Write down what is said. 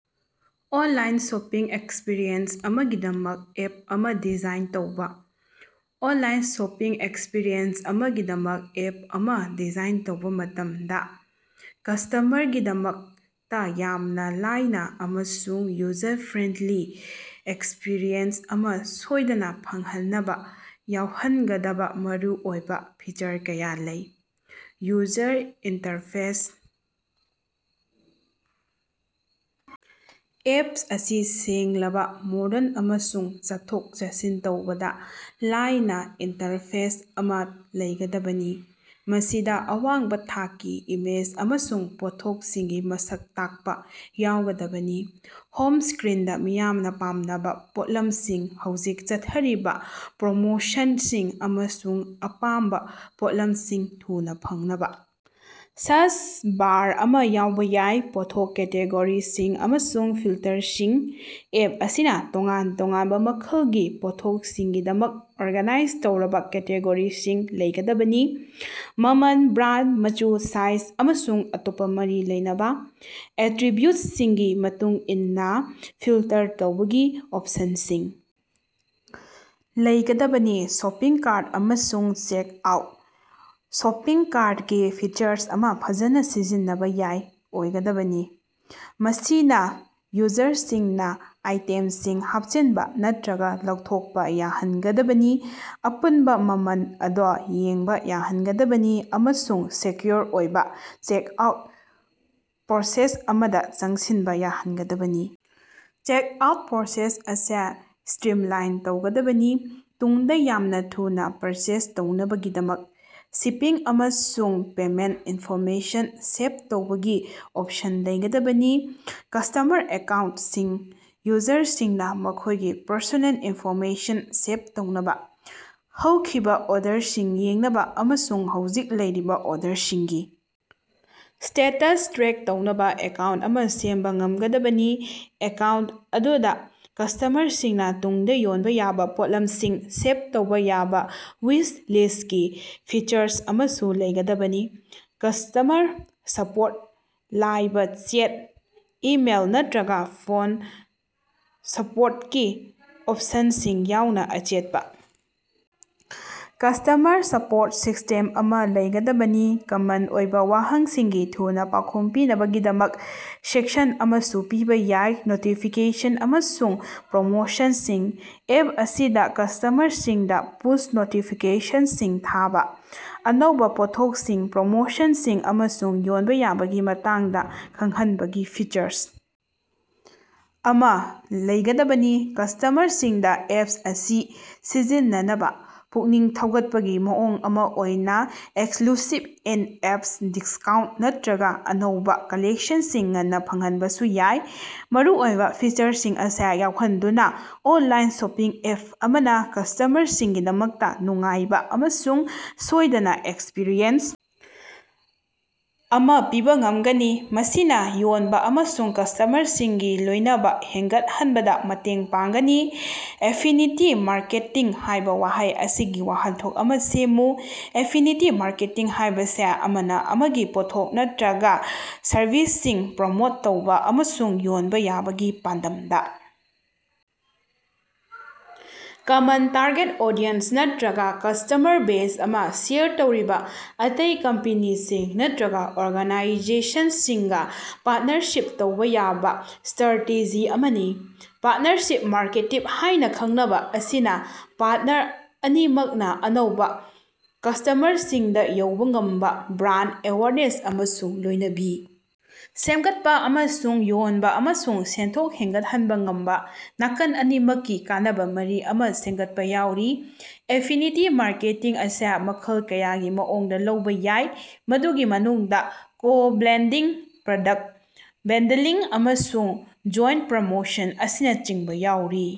Online shopping experience ꯑꯃꯒꯤꯗꯃꯛ app ꯑꯃ design ꯇꯧꯕ꯫ ꯑꯣꯟꯂꯥꯏꯟ ꯁꯣꯄꯤꯡ ꯑꯦꯛꯁꯄꯤꯔꯤꯑꯦꯟꯁ ꯑꯃꯒꯤꯗꯃꯛ ꯑꯦꯞ ꯑꯃ ꯗꯤꯖꯥꯏꯟ ꯇꯧꯕꯥ ꯃꯇꯝꯗ, ꯀꯁ꯭ꯇꯃꯔꯒꯤꯗꯃꯛꯇ ꯌꯥꯝꯅ ꯂꯥꯏꯅ ꯑꯃꯁꯨꯡ ꯌꯨꯖꯔ-ꯐ꯭ꯔꯦꯟꯗꯂꯤ ꯑꯦꯛꯁꯄꯤꯔꯤꯑꯦꯟꯁ ꯑꯃ ꯁꯣꯏꯗꯅ ꯐꯪꯍꯟꯅꯕ ꯌꯥꯎꯍꯟꯒꯗꯕ ꯃꯔꯨꯑꯣꯏꯕ ꯐꯤꯆꯔ ꯀꯌꯥ ꯂꯩ꯫ ꯌꯨꯖꯔ ꯏꯟꯇꯔꯐꯦꯁ: ꯑꯦꯞ ꯑꯁꯤ ꯁꯦꯡꯂꯕ, ꯃꯣꯗꯔꯟ ꯑꯃꯁꯨꯡ ꯆꯠꯊꯣꯛ-ꯆꯠꯁꯤꯟ ꯇꯧꯕꯗ ꯂꯥꯏꯅ ꯏꯟꯇꯔꯐꯦꯁ ꯑꯃ ꯂꯩꯒꯗꯕꯅꯤ, ꯃꯁꯤꯗ ꯑꯋꯥꯡꯕ ꯊꯥꯛꯀꯤ ꯏꯃꯦꯖ ꯑꯃꯁꯨꯡ ꯄꯣꯠꯊꯣꯛꯁꯤꯡꯒꯤ ꯃꯁꯛ ꯇꯥꯛꯄ ꯌꯥꯎꯒꯗꯕꯅꯤ꯫ ꯍꯣꯝ ꯁ꯭ꯀꯔꯤꯟꯗ ꯃꯤꯌꯥꯝꯅ ꯄꯥꯝꯅꯕ ꯄꯣꯠꯂꯝꯁꯤꯡ, ꯍꯧꯖꯤꯛ ꯆꯠꯊꯔꯤꯕ ꯄ꯭ꯔꯣꯃꯣꯁꯟꯁꯤꯡ, ꯑꯃꯁꯨꯡ ꯑꯄꯥꯝꯕ ꯄꯣꯠꯂꯝꯁꯤꯡ ꯊꯨꯅ ꯐꯪꯅꯕ ꯁꯥꯔꯆ ꯕꯥꯔ ꯑꯃ ꯌꯥꯎꯕ ꯌꯥꯏ꯫ ꯄꯣꯠꯊꯣꯛ ꯀꯦꯇꯦꯒꯣꯔꯤꯁꯤꯡ ꯑꯃꯁꯨꯡ ꯐꯤꯜꯇꯔꯁꯤꯡ: ꯑꯦꯞ ꯑꯁꯤꯅ ꯇꯣꯉꯥꯟ ꯇꯣꯉꯥꯟꯕ ꯃꯈꯜꯒꯤ ꯄꯣꯠꯊꯣꯛꯁꯤꯡꯒꯤꯗꯃꯛ ꯑꯣꯔꯒꯅꯥꯏꯖ ꯇꯧꯔꯕ ꯀꯦꯇꯦꯒꯣꯔꯤꯁꯤꯡ ꯂꯩꯒꯗꯕꯅꯤ, ꯃꯃꯜ, ꯕ꯭ꯔꯥꯟꯗ, ꯃꯆꯨ, ꯁꯥꯏꯖ, ꯑꯃꯁꯨꯡ ꯑꯇꯣꯞꯄ ꯃꯔꯤ ꯂꯩꯅꯕ ꯑꯦꯇ꯭ꯔꯤꯕ꯭ꯌꯨꯠꯁꯤꯡꯒꯤ ꯃꯇꯨꯡ ꯏꯟꯅ ꯐꯤꯜꯇꯔ ꯇꯧꯕꯒꯤ ꯑꯣꯞꯁꯟꯁꯤꯡ ꯂꯩꯒꯗꯕꯅꯤ꯫ ꯁꯣꯄꯤꯡ ꯀꯥꯔꯠ ꯑꯃꯁꯨꯡ ꯆꯦꯛꯑꯥꯎꯠ: ꯁꯣꯄꯤꯡ ꯀꯥꯔꯇꯀꯤ ꯐꯤꯆꯔ ꯑꯃ ꯐꯖꯅ ꯁꯤꯖꯤꯟꯅꯕ ꯌꯥꯏ ꯑꯣꯏꯒꯗꯕꯅꯤ, ꯃꯁꯤꯅ ꯌꯨꯖꯔꯁꯤꯡꯅ ꯑꯥꯏꯇꯦꯝꯁꯤꯡ ꯍꯥꯞꯆꯤꯟꯕ ꯅꯠꯇ꯭ꯔꯒ ꯂꯧꯊꯣꯛꯄ ꯌꯥꯍꯟꯒꯗꯕꯅꯤ, ꯑꯄꯨꯟꯕ ꯃꯃꯜ ꯑꯗꯨ ꯌꯦꯡꯕ ꯌꯥꯍꯟꯒꯗꯕꯅꯤ ꯑꯃꯁꯨꯡ ꯁꯦꯀ꯭ꯌꯨꯑꯣꯔ ꯑꯣꯏꯕ ꯆꯦꯛꯑꯥꯎꯠ ꯄ꯭ꯔꯣꯁꯦꯁ ꯑꯃꯗ ꯆꯪꯁꯤꯟꯕ ꯌꯥꯍꯟꯒꯗꯕꯅꯤ꯫ ꯆꯦꯛꯑꯥꯎꯠ ꯄ꯭ꯔꯣꯁꯦꯁ ꯑꯁꯤ ꯁ꯭ꯇꯔꯤꯝꯂꯥꯏꯟ ꯇꯧꯒꯗꯕꯅꯤ, ꯇꯨꯡꯗ ꯌꯥꯝꯅ ꯊꯨꯅ ꯄꯔꯆꯦꯖ ꯇꯧꯅꯕꯒꯤꯗꯃꯛ ꯁꯤꯄꯤꯡ ꯑꯃꯁꯨꯡ ꯄꯦꯃꯦꯟꯇ ꯏꯟꯐꯣꯔꯃꯦꯁꯟ ꯁꯦꯚ ꯇꯧꯕꯒꯤ ꯑꯣꯞꯁꯟ ꯂꯩꯒꯗꯕꯅꯤ꯫ ꯀꯁ꯭ꯇꯃꯔ ꯑꯦꯀꯥꯎꯟꯇꯁꯤꯡ: ꯌꯨꯖꯔꯁꯤꯡꯅ ꯃꯈꯣꯏꯒꯤ ꯄꯔꯁꯣꯅꯦꯜ ꯏꯟꯐꯣꯔꯃꯦꯁꯟ ꯁꯦꯚ ꯇꯧꯅꯕ, ꯍꯧꯈꯤꯕ ꯑꯣꯔꯗꯔꯁꯤꯡ ꯌꯦꯡꯅꯕ ꯑꯃꯁꯨꯡ ꯍꯧꯖꯤꯛ ꯂꯩꯔꯤꯕ ꯑꯣꯔꯗꯔꯁꯤꯡꯒꯤ ꯁ꯭ꯇꯦꯇꯁ ꯇ꯭ꯔꯦꯛ ꯇꯧꯅꯕ ꯑꯦꯀꯥꯎꯟꯇ ꯑꯃ ꯁꯦꯝꯕ ꯉꯝꯒꯗꯕꯅꯤ꯫ ꯑꯦꯀꯥꯎꯟꯇ ꯑꯗꯨꯗ ꯀꯁ꯭ꯇꯃꯔꯁꯤꯡꯅ ꯇꯨꯡꯗ ꯌꯣꯟꯕ ꯌꯥꯕ ꯄꯣꯠꯂꯝꯁꯤꯡ ꯁꯦꯚ ꯇꯧꯕ ꯌꯥꯕ ꯋꯤꯁ ꯂꯤꯁ꯭ꯇꯀꯤ ꯐꯤꯆꯔ ꯑꯃꯁꯨ ꯂꯩꯒꯗꯕꯅꯤ꯫ ꯀꯁ꯭ꯇꯃꯔ ꯁꯄꯣꯔꯠ: ꯂꯥꯏꯕ ꯆꯦꯠ, ꯏꯃꯦꯏꯜ, ꯅꯠꯇ꯭ꯔꯒ ꯐꯣꯟ ꯁꯄꯣꯔꯠꯀꯤ ꯑꯣꯞꯁꯟꯁꯤꯡ ꯌꯥꯎꯅ ꯑꯆꯦꯠꯄ ꯀꯁ꯭ꯇꯃꯔ ꯁꯄꯣꯔꯠ ꯁꯤꯁ꯭ꯇꯦꯝ ꯑꯃ ꯂꯩꯒꯗꯕꯅꯤ꯫ ꯀꯃꯟ ꯑꯣꯏꯕ ꯋꯥꯍꯪꯁꯤꯡꯒꯤ ꯊꯨꯅ ꯄꯥꯎꯈꯨꯝ ꯄꯤꯅꯕꯒꯤꯗꯃꯛ ꯁꯦꯛꯁꯟ ꯑꯃꯁꯨ ꯄꯤꯕ ꯌꯥꯏ꯫ ꯅꯣꯇꯤꯐꯤꯀꯦꯁꯟ ꯑꯃꯁꯨꯡ ꯄ꯭ꯔꯣꯃꯣꯁꯟꯁꯤꯡ: ꯑꯦꯞ ꯑꯁꯤꯗ ꯀꯁ꯭ꯇꯃꯔꯁꯤꯡꯗ ꯄꯨꯁ ꯅꯣꯇꯤꯐꯤꯀꯦꯁꯟꯁꯤꯡ ꯊꯥꯕ, ꯑꯅꯧꯕ ꯄꯣꯠꯊꯣꯛꯁꯤꯡ, ꯄ꯭ꯔꯃꯣꯁꯟꯁꯤꯡ, ꯑꯃꯁꯨꯡ ꯌꯣꯟꯕ ꯌꯥꯕꯒꯤ ꯃꯇꯥꯡꯗ ꯈꯪꯍꯟꯕꯒꯤ ꯐꯤꯆꯔ ꯑꯃ ꯂꯩꯒꯗꯕꯅꯤ꯫ ꯀꯁ꯭ꯇꯃꯔꯁꯤꯡꯗ ꯑꯦꯞ ꯑꯁꯤ ꯁꯤꯖꯤꯟꯅꯅꯕ ꯄꯨꯛꯅꯤꯡ ꯊꯧꯒꯠꯄꯒꯤ ꯃꯑꯣꯡ ꯑꯃ ꯑꯣꯏꯅ ꯑꯦꯛꯁꯛꯂꯨꯁꯤꯞ ꯏꯟ-ꯑꯦꯞ ꯗꯤꯁꯀꯥꯎꯟꯇ ꯅꯠꯇ꯭ꯔꯒ ꯑꯅꯧꯕ ꯀꯂꯦꯛꯁꯟꯁꯤꯡ ꯉꯟꯅ ꯐꯪꯍꯟꯕꯁꯨ ꯌꯥꯏ꯫ ꯃꯔꯨꯑꯣꯏꯕ ꯐꯤꯆꯔꯁꯤꯡ ꯑꯁꯤ ꯌꯥꯎꯍꯟꯗꯨꯅ ꯑꯣꯅꯂꯥꯏꯟ ꯁꯣꯄꯤꯡ ꯑꯦꯞ ꯑꯃꯅ ꯀꯁ꯭ꯇꯃꯔꯁꯤꯡꯒꯤꯗꯃꯛꯇ ꯅꯨꯡꯉꯥꯏꯕ ꯑꯃꯁꯨꯡ ꯁꯣꯏꯗꯅ ꯑꯦꯛꯁꯄꯔꯤꯌꯦꯟꯁ ꯑꯃ ꯄꯤꯕ ꯉꯝꯒꯅꯤ, ꯃꯁꯤꯅꯥ ꯌꯣꯟꯕ ꯑꯃꯁꯨꯡ ꯀꯁ꯭ꯇꯃꯔꯁꯤꯡꯒꯤ ꯂꯣꯏꯅꯕ ꯍꯦꯟꯒꯠꯍꯟꯕꯗ ꯃꯇꯦꯡ ꯄꯥꯡꯒꯅꯤ꯫ ꯑꯦꯐꯤꯅꯤꯇꯤ ꯃꯥꯔꯀꯦꯇꯤꯡ ꯍꯥꯏꯕ ꯋꯥꯍꯩ ꯑꯁꯤꯒꯤ ꯋꯥꯍꯟꯊꯣꯛ ꯑꯃ ꯁꯦꯝꯃꯨ꯫ ꯑꯦꯐꯤꯅꯤꯇꯤ ꯃꯥꯔꯀꯦꯇꯤꯡ ꯍꯥꯏꯕꯁꯤ ꯑꯃꯅ ꯑꯃꯒꯤ ꯄꯣꯠꯊꯣꯛ ꯅꯠꯇ꯭ꯔꯒ ꯁꯔꯚꯤꯁꯁꯤꯡ ꯄ꯭ꯔꯃꯣꯠ ꯇꯧꯕ ꯑꯃꯁꯨꯡ ꯌꯣꯟꯕ ꯌꯥꯕꯒꯤ ꯄꯥꯟꯗꯝꯗ ꯀꯃꯟ ꯇꯥꯔꯒꯦꯠ ꯑꯣꯗꯤꯑꯦꯟꯁ ꯅꯠꯇ꯭ꯔꯒ ꯀꯁ꯭ꯇꯃꯔ ꯕꯦꯖ ꯑꯃ ꯁꯦꯌꯔ ꯇꯧꯔꯤꯕ ꯑꯇꯩ ꯀꯝꯄꯅꯤꯁꯤꯡ ꯅꯠꯇ꯭ꯔꯒ ꯑꯣꯔꯒꯥꯅꯥꯏꯖꯦꯁꯟꯁꯤꯡꯒ ꯄꯥꯔꯠꯅꯔꯁꯤꯞ ꯇꯧꯕ ꯌꯥꯕ ꯁ꯭ꯇꯔꯥꯇꯦꯖꯤ ꯑꯃꯅꯤ꯫ ꯄꯥꯔꯇꯅꯔꯁꯤꯞ ꯃꯥꯔꯀꯦꯇꯤꯡ ꯍꯥꯏꯅ ꯈꯪꯅꯕ ꯑꯁꯤꯅ ꯄꯥꯔꯠꯅꯔ ꯑꯅꯤꯃꯛꯅ ꯑꯅꯧꯕ ꯀꯁ꯭ꯇꯃꯔꯁꯤꯡꯗ ꯌꯧꯕ ꯉꯝꯕ, ꯕ꯭ꯔꯥꯟꯗ ꯑꯦꯋꯦꯌꯔꯅꯦꯁ ꯑꯃꯁꯨꯡ ꯂꯣꯏꯅꯕꯤ ꯁꯦꯝꯒꯠꯄ, ꯑꯃꯁꯨꯡ ꯌꯣꯟꯕ ꯑꯃꯁꯨꯡ ꯁꯦꯟꯊꯣꯛ ꯍꯦꯟꯒꯠꯍꯟꯕ ꯉꯝꯕ ꯅꯥꯀꯜ ꯑꯅꯤꯃꯛꯀꯤ ꯀꯥꯟꯅꯕ ꯃꯔꯤ ꯑꯃ ꯁꯦꯝꯒꯠꯄ ꯌꯥꯎꯔꯤ꯫ ꯑꯦꯐꯤꯅꯤꯇꯤ ꯃꯥꯔꯀꯦꯇꯤꯡ ꯑꯁꯤ ꯃꯈꯜ ꯀꯌꯥꯒꯤ ꯃꯑꯣꯡꯗ ꯂꯧꯕ ꯌꯥꯏ, ꯃꯗꯨꯒꯤ ꯃꯅꯨꯡꯗ ꯀꯣ-ꯕ꯭ꯔꯦꯟꯗꯤꯡ, ꯄ꯭ꯔꯗꯛꯇ ꯕꯟꯗꯂꯤꯡ, ꯑꯃꯁꯨꯡ ꯖꯣꯏꯟꯇ ꯄ꯭ꯔꯃꯣꯁꯟ ꯑꯁꯤꯅꯆꯤꯡꯕ ꯌꯥꯎꯔꯤ꯫